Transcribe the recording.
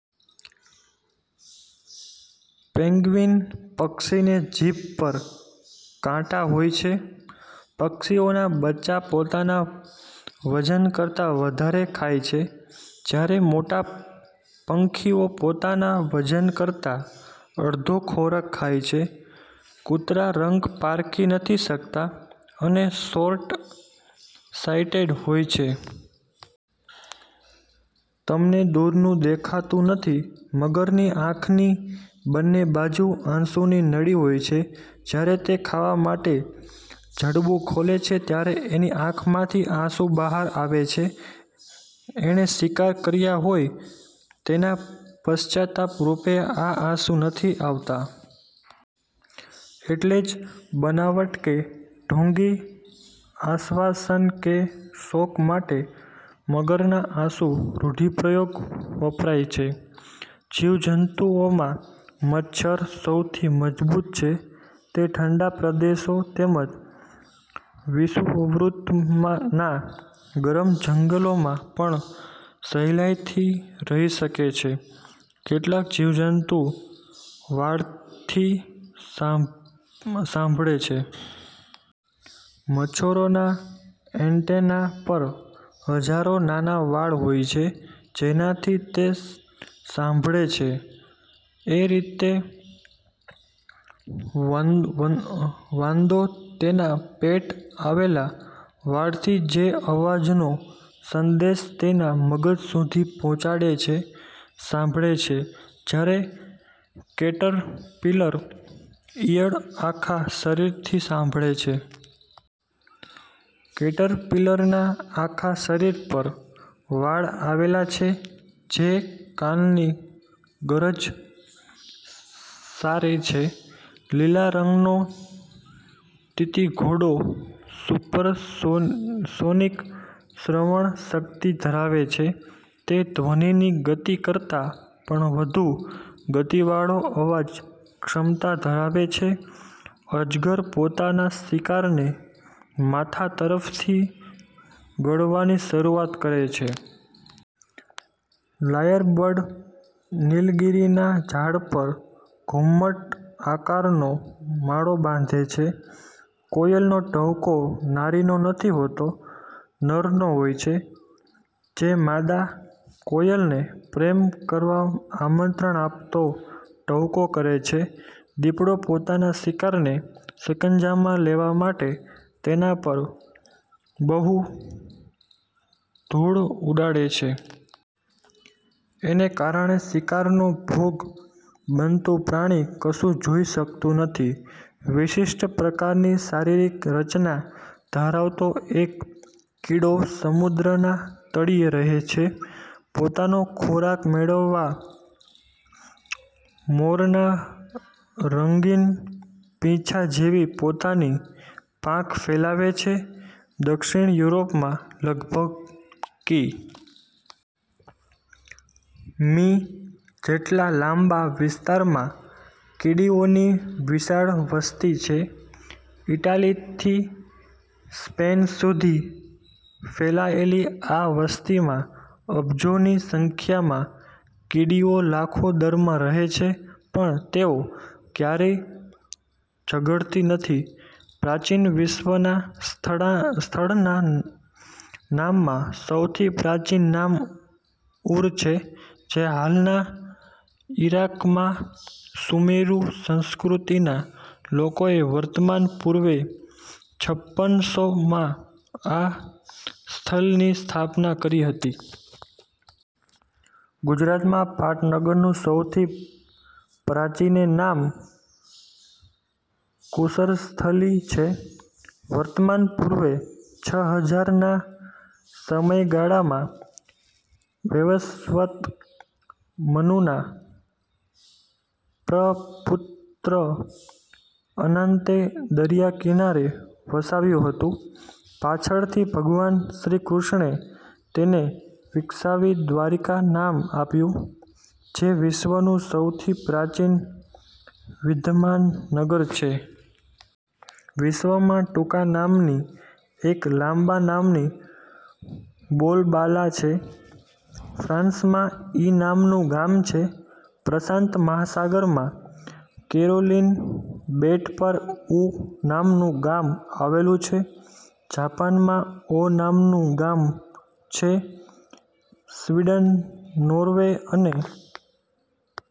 Penguin પક્ષીને જીભ પર કાંટા હોય છે. પક્ષીઓનાં બચ્ચાં પોતાના વજન કરતાં વધારે ખાય છે, જ્યારે મોટાં પંખીઓ પોતાના વજન કરતાં અડધો ખોરાક ખાય છે. કૂતરાં રંગ પારખી નથી શકતાં અને 'શોર્ટ સાઈટેડ હોય છે. તમને દૂરનું દેખાતું નથી. મગરની આંખની બન્ને બાજુ આંસુની નળી હોય છે. જ્યારે તે ખાવા માટે જડબું ખોલે છે ત્યારે એની આંખમાંથી આંસુ બહાર આવે છે. એણે શિકાર કર્યો હોય તેના પશ્ચાતાપરૂપે આ આંસુ નથી આવતાં. એટલે જ બનાવટ કે ઢોંગી આશ્વાસન કે શોક માટે 'મગરનાં આંસુ' રૂઢિપ્રયોગ વપરાય છે. જીવજંતુઓમાં મચ્છર સૌથી મજબૂત છે. તે ઠંડા પ્રદેશો તેમજ વિષુવવૃતનાં ગરમ જંગલોમાં પણ સહેલાઈથી રહી શકે છે. કેટલાક જીવજંતુ વાળથી સામ સાંભળે છે. મચ્છરોના એંટેના પર હજારો નાના વાળ હોય છે જેનાથી તે સાંભળે છે. એ રીતે વન વન વાંદો તેના પેટ આવેલા વાળથી, જે અવાજનો સંદેશ તેના મગજ સુધી પહોંચાડે છે, સાંભળે છે. જ્યારે કેટરપીલર ઈયળ આખા શરીરથી સાંભળે છે. કેટરપીલરના આખા શરીર પર વાળ આવેલા છે જે કાનની ગરજ સારે છે. લીલા રંગનો તીતીઘોડો સુપરસો સોનિક શ્રવણ શક્તિ ધરાવે છે. તે ધ્વનિની ગતિ કરતાં પણ વધુ ગતિવાળો અવાજ ક્ષમતા ધરાવે છે. અજગર પોતાના શિકારને માથા તરફથી ગળવાની શરૂઆત કરે છે. લાયર બર્ડ નિલગિરિના ઝાડ પર ઘુમ્મટ આકારનો માળો બાંધે છે. કોયલનો ટહુકો નારીનો નથી હોતો નરનો હોય છે, જે માદા કોયલને પ્રેમ કરવા આમંત્રણ આપતો ટહુકો કરે છે. દીપડો પોતાના શિકારને સીકંજામાં લેવા માટે તેના પર બહુ ધૂળ ઉડાડે છે. એને કારણે શિકારનો ભોગ બનતું પ્રાણી કશું જોઈ શકતું નથી. વિશિષ્ટ પ્રકારની શરીરિક રચના ધારાવતો એક કીડો સમુદ્રના તળિયે રહે છે. પોતાનો ખોરાક મેળવવા મોરના રંગીન પીંછા જેવી પોતાની પાંખ ફેલાવે છે. દક્ષિણ યુરોપમાં લગભગ કિ. મી. જેટલા લાંબા વિસ્તારમાં કીડીઓની વિશાળ વસ્તી છે. ઈટાલીથી સ્પેન સુધી ફેલાયેલી આ વસ્તીમાં અબજોની સંખ્યામાં કીડીઓ લાખો દરમાં રહે છે. પણ તેઓ ક્યારેય ઝગડતી નથી. પ્રાચીન વિશ્વનાં સ્થડા સ્થળનાં નામમાં સૌથી પ્રાચીન નામ ઉર છે જે હાલના ઈરાકમાં સુમેરુ સંસ્કૃતિનાં લોકોએ વર્તમાન પૂર્વે છપ્પન સો માં આ સ્થલની સ્થાપના કરી હતી. ગુજરાતમાં પાટનગરનું સૌથી પ્રાચીને નામ કુશલસ્થલી છે. વર્તમાન પૂર્વે છ હજાર ના સમયગાળામાં વૈવસ્વત મનુના પ્રપુત્ર અનન્તે દરિયાકિનારે વસાવ્યું હતું. પાછળ થી ભગવાન શ્રી કૃષ્ણે તેને વિકસાવી દ્વારિકા નામ આપ્યું, જે વિશ્વનું સૌથી પ્રાચીન વિદ્યમાન નગર છે. વિશ્વમાં ટુંકા નામની એક લાંબા નામની બોલબાલા છે. ફ્રાંસમાં 'ઈ' નામનું ગામ છે. પ્રશાંત મહાસાગરમાં કેરોલિન બેટ પર 'ઉ' નામનું ગામ આવેલું છે. જાપાનમાં 'ઓ' નામનું ગામ છે. સ્વિડન, નોર્વે અને